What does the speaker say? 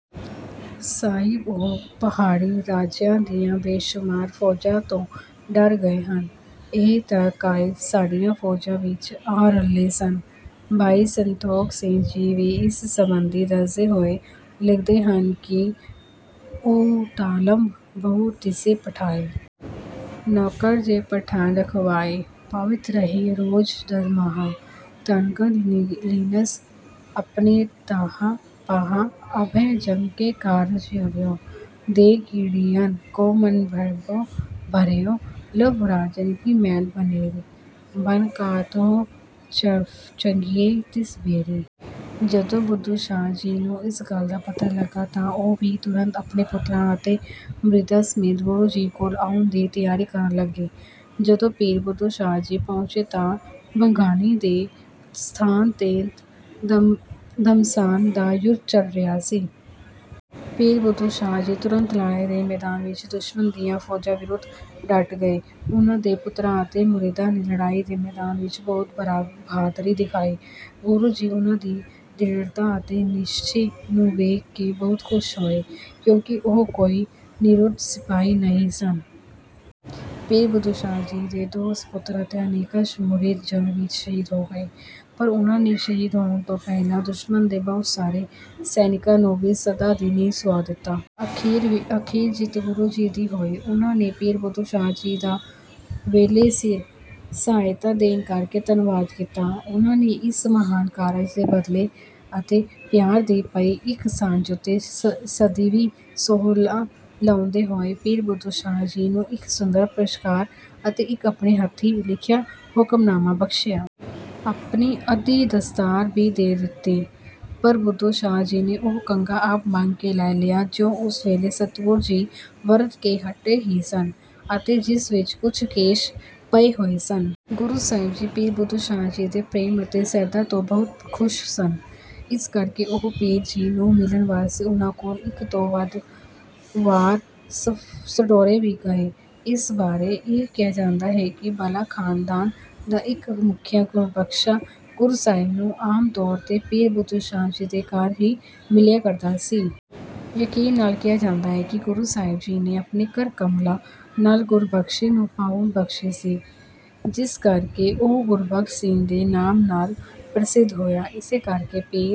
ਸ਼ਾਇਦ ਉਹ ਪਹਾੜੀ ਰਾਜਿਆਂ ਦੀਆਂ ਬੇਸ਼ੁਮਾਰ ਫੌਜ਼ਾਂ ਤੋਂ ਡਰ ਗਏ ਹਨ। ਇਹ ਤਾਂ ਕਾਇਰ ਸਾਡੀਆਂ ਫੌਜਾਂ ਵਿੱਚ ਆ ਰਲੇ ਸਨ। ਭਾਈ ਸੰਤੋਖ ਸਿੰਘ ਜੀ ਵੀ ਇਸ ਸੰਬੰਧੀ ਦੱਸਦੇ ਹੋਏ ਲਿਖਦੇ ਹਨ ਕਿ ਉਪਾਲੰਭ ਬਹੁ ਤਿਸੈ ਪਠਾਏ। ਨੌਕਰ ਜੇ ਪਠਾਨ ਰਖਵਾਏ। ਪਾਵਿਤ ਰਹੇ ਰੋਜ਼ ਦਰਮਾਹਾ। ਧਨ ਗਨ ਲੀਨਸਿ ਅਪਨੇ ਪਾਹਾ। ਅਬਹਿ ਜੰਗ ਕੋ ਕਾਰਜ ਪਰ੍ਯੋ। ਦੇਖਿ ਗੀਦੀਅਨ ਕੋ ਮਨ ਡਰ੍ਯੋ। ਲਖਿ ਰਾਜਨ ਕੀ ਸੈਨ ਘਨੇਰੀ। ਬਨਿ ਕਾਤੁਰ ਚਢਿਗੇ ਤਿਸ ਬੇਰੀ। ਜਦੋਂ ਬੁੱਧੂ ਸ਼ਾਹ ਜੀ ਨੂੰ ਇਸ ਗੱਲ ਦਾ ਪਤਾ ਲੱਗਾ ਤਾਂ ਉਹ ਵੀ ਤੁਰੰਤ ਆਪਣੇ ਪੁੱਤਰਾਂ ਅਤੇ ਮੁਰੀਦਾਂ ਸਮੇਤ ਗੁਰੂ ਜੀ ਕੋਲ ਆਉਣ ਦੀ ਤਿਆਰੀ ਕਰਨ ਲੱਗੇ। ਜਦੋਂ ਪੀਰ ਬੁੱਧੂ ਸ਼ਾਹ ਜੀ ਪਹੁੰਚੇ ਤਾਂ ਭੰਗਾਣੀ ਦੇ ਸਥਾਨ ਤੇ ਘਮਸਾਣ ਦਾ ਯੁੱਧ ਚੱਲ ਰਿਹਾ ਸੀ। ਪੀਰ ਬੁੱਧੂ ਸ਼ਾਹ ਜੀ ਤੁਰੰਤ ਲੜਾਈ ਦੇ ਮੈਦਾਨ ਵਿੱਚ ਦੁਸ਼ਮਣ ਦੀਆਂ ਫੌਜਾਂ ਵਿਰੁੱਧ ਡਟ ਗਏ। ਉਨ੍ਹਾਂ ਦੇ ਪੁੱਤਰਾਂ ਅਤੇ ਮੁਰੀਦਾਂ ਨੇ ਲੜਾਈ ਦੇ ਮੈਦਾਨ ਵਿੱਚ ਬਹੁਤ ਬਹਾਦਰੀ ਦਿਖਾਈ। ਗੁਰੂ ਜੀ ਉਨ੍ਹਾਂ ਦੀ ਦ੍ਰਿੜ੍ਹਤਾ ਅਤੇ ਨਿਸ਼ਚੇ ਨੂੰ ਵੇਖ ਕੇ ਬਹੁਤ ਖੁਸ਼ ਹੋਏ, ਕਿਉਂਕਿ ਉਹ ਕੋਈ ਨਿਪੁੰਨ ਸਿਪਾਹੀ ਨਹੀਂ ਸਨ। ਪੀਰ ਬੁੱਧੂ ਸ਼ਾਹ ਜੀ ਦੇ ਦੋ ਸਪੁੱਤਰ ਅਤੇ ਅਨੇਕਾਂ ਮੁਰੀਦ ਜੰਗ ਵਿੱਚ ਸ਼ਹੀਦ ਹੋ ਗਏ ਪਰ ਉਨ੍ਹਾਂ ਨੇ ਸ਼ਹੀਦ ਹੋਣ ਤੋਂ ਪਹਿਲਾਂ ਦੁਸ਼ਮਣ ਦੇ ਬਹੁਤ ਸਾਰੇ ਸੈਨਿਕਾਂ ਨੂੰ ਵੀ ਸਦਾ ਦੀ ਨੀਂਦ ਸੁਆ ਦਿੱਤਾ। ਅਖੀਰ ਜਿੱਤ ਗੁਰੂ ਜੀ ਦੀ ਹੋਈ। ਉਨ੍ਹਾਂ ਨੇ ਪੀਰ ਬੁੱਧੂ ਸ਼ਾਹ ਜੀ ਦਾ ਵੇਲੇ ਸਿਰ ਸਹਾਇਤਾ ਦੇਣ ਕਰਕੇ ਧੰਨਵਾਦ ਕੀਤਾ। ਉਨ੍ਹਾਂ ਨੇ ਇਸ ਮਹਾਨ ਕਾਰਜ ਦੇ ਬਦਲੇ ਅਤੇ ਪਿਆਰ ਦੀ ਪਈ ਇਸ ਸਾਂਝ ਉਂਤੇ ਸਦੀਵੀ ਮੋਹਰ ਲਾਉਂਦੇ ਹੋਏ, ਪੀਰ ਬੁੱਧੂ ਸ਼ਾਹ ਜੀ ਨੂੰ ਇਕ ਸੁੰਦਰ ਪੁਸ਼ਾਕ ਅਤੇ ਇੱਕ ਆਪਣੇ ਹੱਥੀਂ ਲਿਖਿਆ ਹੁਕਮਨਾਮਾ ਬਖਸ਼ਿਆ। ਆਪਣੀ ਅੱਧੀ ਦਸਤਾਰ ਭੀ ਦੇ ਦਿੱਤੀ। ਪਰ ਬੁੱਧੂ ਸ਼ਾਹ ਜੀ ਨੇ ਉਹ ਕੰਘਾ ਆਪ ਮੰਗ ਕੇ ਲੈ ਲਿਆ, ਜੋ ਉਸ ਵੇਲੇ ਸਤਿਗੁਰੂ ਜੀ ਵਰਤ ਕੇ ਹਟੇ ਹੀ ਸਨ ਅਤੇ ਜਿਸ ਵਿੱਚ ਕੁਝ ਕੇਸ ਪਏ ਹੋਏ ਸਨ। ਗੁਰੂ ਸਾਹਿਬ ਜੀ ਪੀਰ ਬੁੱਧੂ ਸ਼ਾਹ ਜੀ ਦੇ ਪ੍ਰੇਮ ਅਤੇ ਸ਼ਰਧਾ ਤੋਂ ਬਹੁਤ ਖੁਸ਼ ਸਨ, ਇਸ ਕਰਕੇ ਉਹ ਪੀਰ ਜੀ ਨੂੰ ਮਿਲਣ ਵਾਸਤੇ ਉਨ੍ਹਾਂ ਕੋਲ, ਇੱਕ ਤੋਂ ਵੱਧ ਵਾਰ, ਸਢੌਰੇ ਵੀ ਗਏ। ਇਸ ਬਾਰੇ ਇਹ ਕਿਹਾ ਜਾਂਦਾ ਹੈ ਕਿ ਭੱਲਾ ਖਾਨਦਾਨ ਦਾ ਇੱਕ ਮੁਖੀਆ ਗੁਰਬਖਸ਼ਾ ਗੁਰੂ ਸਾਹਿਬ ਨੂੰ ਆਮ ਤੌਰ ਤੇ ਪੀਰ ਬੁੱਧੂ ਸ਼ਾਹ ਜੀ ਦੇ ਘਰ ਹੀ ਮਿਲਿਆ ਕਰਦਾ ਸੀ। ਯਕੀਨ ਨਾਲ ਕਿਹਾ ਜਾਂਦਾ ਹੈ ਕਿ ਗੁਰੂ ਸਾਹਿਬ ਜੀ ਨੇ ਆਪਣੇ ਕਰ-ਕਮਲਾਂ ਨਾਲ ਗੁਰਬਖਸ਼ੇ ਨੂੰ ਪਾਹੁਲ ਬਖਸ਼ੀ ਸੀ ਜਿਸ ਕਰਕੇ ਉਹ ਗੁਰਬਖਸ਼ ਸਿੰਘ ਦੇ ਨਾਮ ਨਾਲ ਪ੍ਰਸਿੱਧ ਹੋਇਆ। ਇਸੇ ਕਰਕੇ ਪੀਰ